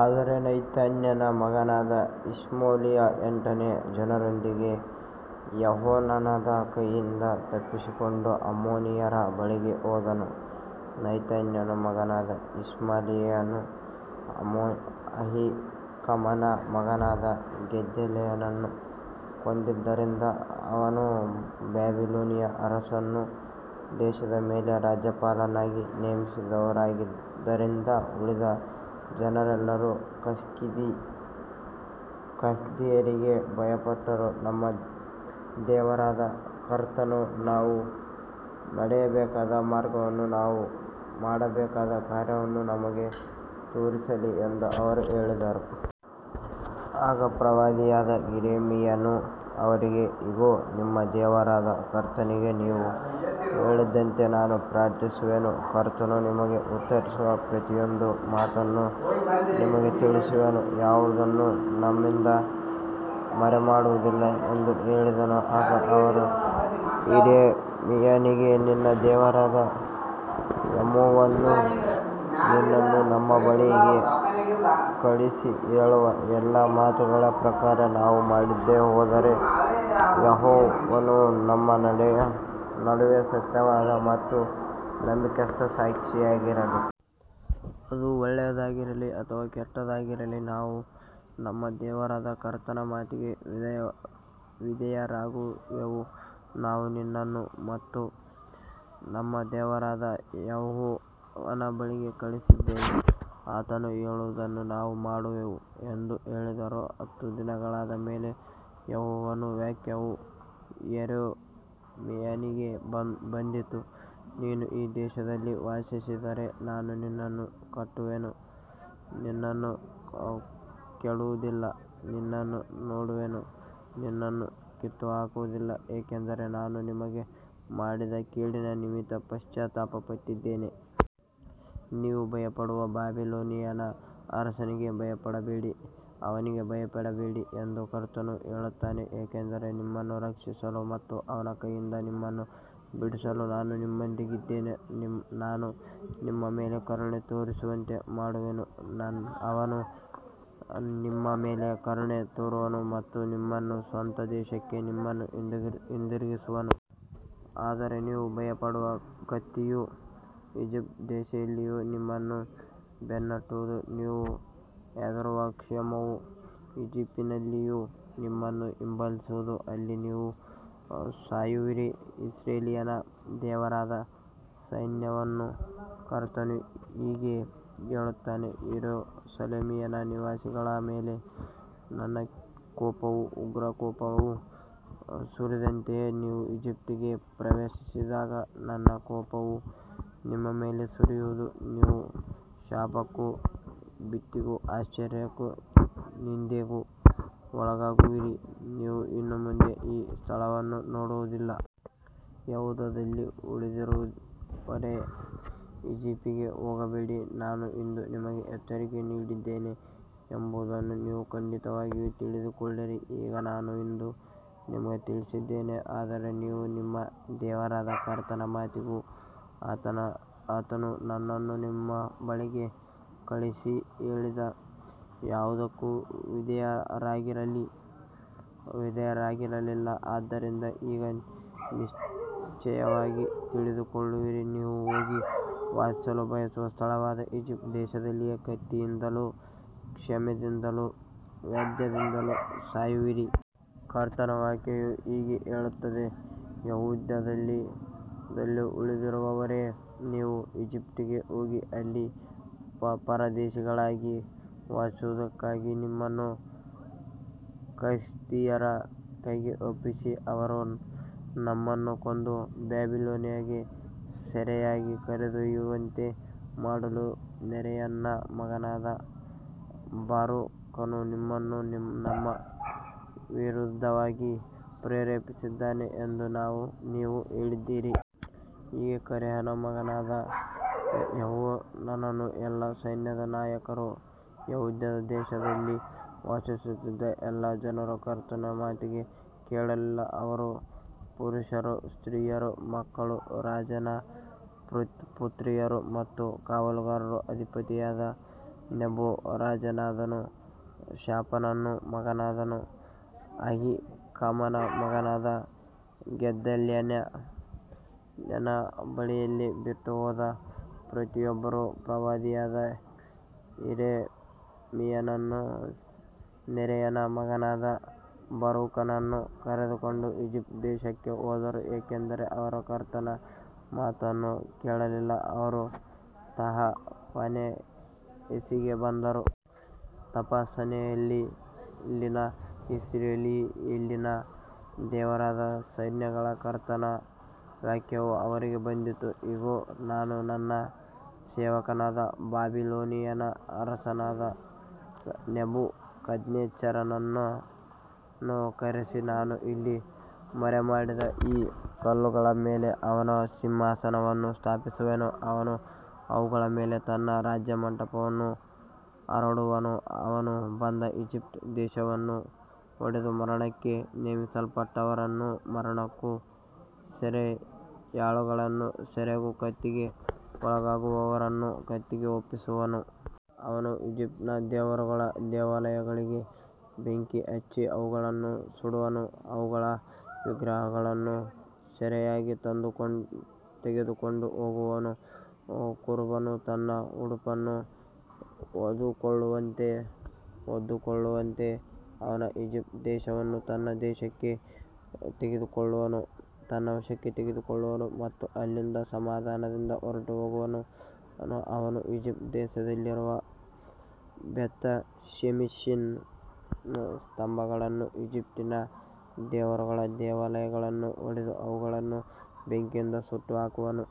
ಆದರೆ ನೆತನ್ಯನ ಮಗನಾದ ಇಷ್ಮಾಯೇಲನು ಎಂಟು ಜನರೊಂದಿಗೆ ಯೋಹಾನಾನನ ಕೈಯಿಂದ ತಪ್ಪಿಸಿಕೊಂಡು ಅಮ್ಮೋನಿಯರ ಬಳಿಗೆ ಹೋದನು. ನೆತನ್ಯನ ಮಗನಾದ ಇಷ್ಮಾಯೇಲನು ಅಹೀಕಾಮನ ಮಗನಾದ ಗೆದಲ್ಯನನ್ನು ಕೊಂದಿದ್ದರಿಂದ, ಅವನು ಬಾಬಿಲೋನಿನ ಅರಸನು ದೇಶದ ಮೇಲೆ ರಾಜ್ಯಪಾಲನನ್ನಾಗಿ ನೇಮಿಸಿದ್ದವನಾಗಿದ್ದರಿಂದ, ಉಳಿದ ಜನರೆಲ್ಲರೂ ಕಸ್ದೀಯರಿಗೆ ಭಯಪಟ್ಟರು. ನಿಮ್ಮ ದೇವರಾದ ಕರ್ತನು ನಾವು ನಡೆಯಬೇಕಾದ ಮಾರ್ಗವನ್ನೂ ನಾವು ಮಾಡಬೇಕಾದ ಕಾರ್ಯವನ್ನೂ ನಮಗೆ ತೋರಿಸಲಿ ಎಂದು ಅವರು ಹೇಳಿದರು. ಆಗ ಪ್ರವಾದಿಯಾದ ಯೆರೆಮೀಯನು ಅವರಿಗೆ, ಇಗೋ, ನಿಮ್ಮ ದೇವರಾದ ಕರ್ತನಿಗೆ ನೀವು ಹೇಳಿದಂತೆ ನಾನು ಪ್ರಾರ್ಥಿಸುವೆನು, ಕರ್ತನು ನಿಮಗೆ ಉತ್ತರಿಸುವ ಪ್ರತಿಯೊಂದು ಮಾತನ್ನೂ ನಿಮಗೆ ತಿಳಿಸುವೆನು, ಯಾವುದನ್ನೂ ನಿಮ್ಮಿಂದ ಮರೆಮಾಡುವುದಿಲ್ಲ ಎಂದು ಹೇಳಿದನು. ಆಗ ಅವರು ಯೆರೆಮೀಯನಿಗೆ, ನಿನ್ನ ದೇವರಾದ ಯೆಹೋವನು ನಿನ್ನನ್ನು ನಮ್ಮ ಬಳಿಗೆ ಕಳುಹಿಸಿ ಹೇಳುವ ಎಲ್ಲಾ ಮಾತುಗಳ ಪ್ರಕಾರ ನಾವು ಮಾಡದೆ ಹೋದರೆ, ಯೆಹೋವನು ನಮ್ಮ ನಡುವೆ ಸತ್ಯವಾದ ಮತ್ತು ನಂಬಿಗಸ್ತ ಸಾಕ್ಷಿಯಾಗಿರಲಿ. ಅದು ಒಳ್ಳೆಯದಾಗಿರಲಿ ಅಥವಾ ಕೆಟ್ಟದ್ದಾಗಿರಲಿ, ನಾವು ನಮ್ಮ ದೇವರಾದ ಕರ್ತನ ಮಾತಿಗೆ ವಿಧೇಯರಾಗುವೆವು, ನಾವು ನಿನ್ನನ್ನು ನಮ್ಮ ದೇವರಾದ ಯೆಹೋವನ ಬಳಿಗೆ ಕಳುಹಿಸಿದ್ದೇವೆ, ಆತನು ಹೇಳುವುದನ್ನು ನಾವು ಮಾಡುವೆವು ಎಂದು ಹೇಳಿದರು. ಹತ್ತು ದಿನಗಳಾದ ಮೇಲೆ ಯೆಹೋವನ ವಾಕ್ಯವು ಯೆರೆಮೀಯನಿಗೆ ಬಂದಿತು. ನೀನು ಈ ದೇಶದಲ್ಲಿ ವಾಸಿಸಿದರೆ ನಾನು ನಿನ್ನನ್ನು ಕಟ್ಟುವೆನು, ನಿನ್ನನ್ನು ಕೆಡವುವುದಿಲ್ಲ, ನಿನ್ನನ್ನು ನೆಡುವೆನು, ನಿನ್ನನ್ನು ಕಿತ್ತುಹಾಕುವುದಿಲ್ಲ, ಏಕೆಂದರೆ ನಾನು ನಿಮಗೆ ಮಾಡಿದ ಕೇಡಿನ ನಿಮಿತ್ತ ಪಶ್ಚಾತ್ತಾಪಪಟ್ಟಿದ್ದೇನೆ. ನೀವು ಭಯಪಡುವ ಬಾಬಿಲೋನಿನ ಅರಸನಿಗೆ ಭಯಪಡಬೇಡಿ, ಅವನಿಗೆ ಭಯಪಡಬೇಡಿ ಎಂದು ಕರ್ತನು ಹೇಳುತ್ತಾನೆ, ಏಕೆಂದರೆ ನಿಮ್ಮನ್ನು ರಕ್ಷಿಸಲು ಮತ್ತು ಅವನ ಕೈಯಿಂದ ನಿಮ್ಮನ್ನು ಬಿಡಿಸಲು ನಾನು ನಿಮ್ಮೊಂದಿಗಿದ್ದೇನೆ. ನಾನು ನಿಮ್ಮ ಮೇಲೆ ಕರುಣೆ ತೋರುವಂತೆ ಮಾಡುವೆನು, ಅವನು ನಿಮ್ಮ ಮೇಲೆ ಕರುಣೆ ತೋರುವನು ಮತ್ತು ನಿಮ್ಮ ಸ್ವಂತ ದೇಶಕ್ಕೆ ನಿಮ್ಮನ್ನು ಹಿಂದಿರುಗಿಸುವನು. ಆದರೆ ನೀವು ಭಯಪಡುವ ಕತ್ತಿಯು ಈಜಿಪ್ಟ್ ದೇಶದಲ್ಲಿಯೂ ನಿಮ್ಮನ್ನು ಬೆನ್ನಟ್ಟುವುದು, ನೀವು ಹೆದರುವ ಕ್ಷಾಮವು ಈಜಿಪ್ಟಿನಲ್ಲಿಯೂ ನಿಮ್ಮನ್ನು ಹಿಂಬಾಲಿಸುವುದು, ಅಲ್ಲಿ ನೀವು ಸಾಯುವಿರಿ. ಇಸ್ರಾಯೇಲಿನ ದೇವರಾದ ಸೈನ್ಯಗಳ ಕರ್ತನು ಹೀಗೆ ಹೇಳುತ್ತಾನೆ, ಯೆರೂಸಲೇಮಿನ ನಿವಾಸಿಗಳ ಮೇಲೆ ನನ್ನ ಕೋಪವೂ ಉಗ್ರಕೋಪವೂ ಸುರಿದಂತೆಯೇ, ನೀವು ಈಜಿಪ್ಟಿಗೆ ಪ್ರವೇಶಿಸಿದಾಗ ನನ್ನ ಕೋಪವು ನಿಮ್ಮ ಮೇಲೆ ಸುರಿಯುವುದು, ನೀವು ಶಾಪಕ್ಕೂ ಭೀತಿಗೂ ಆಶ್ಚರ್ಯಕ್ಕೂ ನಿಂದೆಗೂ ಒಳಗಾಗುವಿರಿ, ನೀವು ಇನ್ನು ಮುಂದೆ ಈ ಸ್ಥಳವನ್ನು ನೋಡುವುದಿಲ್ಲ. ಯೆಹೂದದಲ್ಲಿ ಉಳಿದಿರುವವರೇ, ಈಜಿಪ್ಟಿಗೆ ಹೋಗಬೇಡಿ. ನಾನು ಇಂದು ನಿಮಗೆ ಎಚ್ಚರಿಕೆ ನೀಡಿದ್ದೇನೆ ಎಂಬುದನ್ನು ನೀವು ಖಂಡಿತವಾಗಿ ತಿಳಿದುಕೊಳ್ಳಿರಿ. ಈಗ ನಾನು ಇಂದು ನಿಮಗೆ ತಿಳಿಸಿದ್ದೇನೆ, ಆದರೆ ನೀವು ನಿಮ್ಮ ದೇವರಾದ ಕರ್ತನ ಮಾತಿಗೂ, ಆತನು ನನ್ನನ್ನು ನಿಮ್ಮ ಬಳಿಗೆ ಕಳುಹಿಸಿ ಹೇಳಿದ ಯಾವುದಕ್ಕೂ ವಿಧೇಯರಾಗಲಿಲ್ಲ. ಆದ್ದರಿಂದ ಈಗ ನಿಶ್ಚಯವಾಗಿ ತಿಳಿದುಕೊಳ್ಳಿರಿ, ನೀವು ಹೋಗಿ ವಾಸಿಸಲು ಬಯಸುವ ಸ್ಥಳವಾದ ಈಜಿಪ್ಟ್ ದೇಶದಲ್ಲಿಯೇ ಕತ್ತಿಯಿಂದಲೂ ಕ್ಷಾಮದಿಂದಲೂ ವ್ಯಾಧಿಯಿಂದಲೂ ಸಾಯುವಿರಿ. ಕರ್ತನ ವಾಕ್ಯವು ಹೀಗೆ ಹೇಳುತ್ತದೆ, ಯೆಹೂದದಲ್ಲಿ ಉಳಿದಿರುವವರೇ, ನೀವು ಈಜಿಪ್ಟಿಗೆ ಹೋಗಿ ಅಲ್ಲಿ ಪರದೇಶಿಗಳಾಗಿ ವಾಸಿಸುವುದಕ್ಕಾಗಿ, ನಮ್ಮನ್ನು ಕಸ್ದೀಯರ ಕೈಗೆ ಒಪ್ಪಿಸಿ, ಅವರು ನಮ್ಮನ್ನು ಕೊಂದು ಬಾಬಿಲೋನಿಗೆ ಸೆರೆಯಾಗಿ ಕರೆದೊಯ್ಯುವಂತೆ ಮಾಡಲು, ನೆರೀಯನ ಮಗನಾದ ಬಾರೂಕನು ನಿನ್ನನ್ನು ನಮ್ಮ ವಿರುದ್ಧವಾಗಿ ಪ್ರೇರೇಪಿಸಿದ್ದಾನೆ ಎಂದು ನೀವು ಹೇಳಿದ್ದೀರಿ. ಹೀಗೆ ಕರೇಹನ ಮಗನಾದ ಯೋಹಾನಾನನೂ, ಎಲ್ಲಾ ಸೈನ್ಯದ ನಾಯಕರೂ, ಯೆಹೂದ ದೇಶದಲ್ಲಿ ವಾಸಿಸುತ್ತಿದ್ದ ಎಲ್ಲಾ ಜನರೂ ಕರ್ತನ ಮಾತನ್ನು ಕೇಳಲಿಲ್ಲ. ಅವರು ಪುರುಷರೂ ಸ್ತ್ರೀಯರೂ ಮಕ್ಕಳೂ ರಾಜನ ಪುತ್ರಿಯರೂ ಮತ್ತು ಕಾವಲುಗಾರರ ಅಧಿಪತಿಯಾದ ನೆಬೂಜರದಾನನು ಶಾಫಾನನ ಮಗನಾದ ಅಹೀಕಾಮನ ಮಗನಾದ ಗೆದಲ್ಯನ ಬಳಿಯಲ್ಲಿ ಬಿಟ್ಟುಹೋದ ಪ್ರತಿಯೊಬ್ಬರೂ, ಪ್ರವಾದಿಯಾದ ಯೆರೆಮೀಯನನ್ನೂ ನೆರೀಯನ ಮಗನಾದ ಬಾರೂಕನನ್ನೂ ಕರೆದುಕೊಂಡು ಈಜಿಪ್ಟ್ ದೇಶಕ್ಕೆ ಹೋದರು, ಏಕೆಂದರೆ ಅವರು ಕರ್ತನ ಮಾತನ್ನು ಕೇಳಲಿಲ್ಲ, ಅವರು ತಹಪನೇಹೆಸಿಗೆ ಬಂದರು. ತಹಪನೇಹೆಸಿನಲ್ಲಿ ಇಸ್ರಾಯೇಲಿನ ದೇವರಾದ ಸೈನ್ಯಗಳ ಕರ್ತನ ವಾಕ್ಯವು ಅವರಿಗೆ ಬಂದಿತು, ಇಗೋ, ನಾನು ನನ್ನ ಸೇವಕನಾದ ಬಾಬಿಲೋನಿನ ಅರಸನಾದ ನೆಬೂಕದ್ನೆಚ್ಚರನನ್ನು ಕರೆಸಿ, ನಾನು ಇಲ್ಲಿ ಮರೆಮಾಡಿದ ಈ ಕಲ್ಲುಗಳ ಮೇಲೆ ಅವನ ಸಿಂಹಾಸನವನ್ನು ಸ್ಥಾಪಿಸುವೆನು, ಅವನು ಅವುಗಳ ಮೇಲೆ ತನ್ನ ರಾಜಮಂಟಪವನ್ನು ಹರಡುವನು. ಅವನು ಬಂದು ಈಜಿಪ್ಟ್ ದೇಶವನ್ನು ಹೊಡೆದು, ಮರಣಕ್ಕೆ ನೇಮಿಸಲ್ಪಟ್ಟವರನ್ನು ಮರಣಕ್ಕೂ, ಸೆರೆಯಾಳುಗಳನ್ನು ಸೆರೆಗೂ, ಕತ್ತಿಗೆ ಒಳಗಾಗುವವರನ್ನು ಕತ್ತಿಗೂ ಒಪ್ಪಿಸುವನು. ಅವನು ಈಜಿಪ್ಟಿನ ದೇವರುಗಳ ದೇವಾಲಯಗಳಿಗೆ ಬೆಂಕಿ ಹಚ್ಚಿ ಅವುಗಳನ್ನು ಸುಡುವನು, ಅವುಗಳ ವಿಗ್ರಹಗಳನ್ನು ಸೆರೆಯಾಗಿ ತೆಗೆದುಕೊಂಡು ಹೋಗುವನು. ಕುರುಬನು ತನ್ನ ಉಡುಪನ್ನು ಹೊದ್ದುಕೊಳ್ಳುವಂತೆ ಅವನು ಈಜಿಪ್ಟ್ ದೇಶವನ್ನು ತನ್ನ ವಶಕ್ಕೆ ತೆಗೆದುಕೊಳ್ಳುವನು ಮತ್ತು ಅಲ್ಲಿಂದ ಸಮಾಧಾನದಿಂದ ಹೊರಟುಹೋಗುವನು. ಅವನು ಈಜಿಪ್ಟ್ ದೇಶದಲ್ಲಿರುವ ಬೇತ್‌ಶೆಮೆಷಿನ ಸ್ತಂಭಗಳನ್ನೂ ಈಜಿಪ್ಟಿನ ದೇವರುಗಳ ದೇವಾಲಯಗಳನ್ನೂ ಒಡೆದು, ಅವುಗಳನ್ನು ಬೆಂಕಿಯಿಂದ ಸುಟ್ಟುಹಾಕುವನು.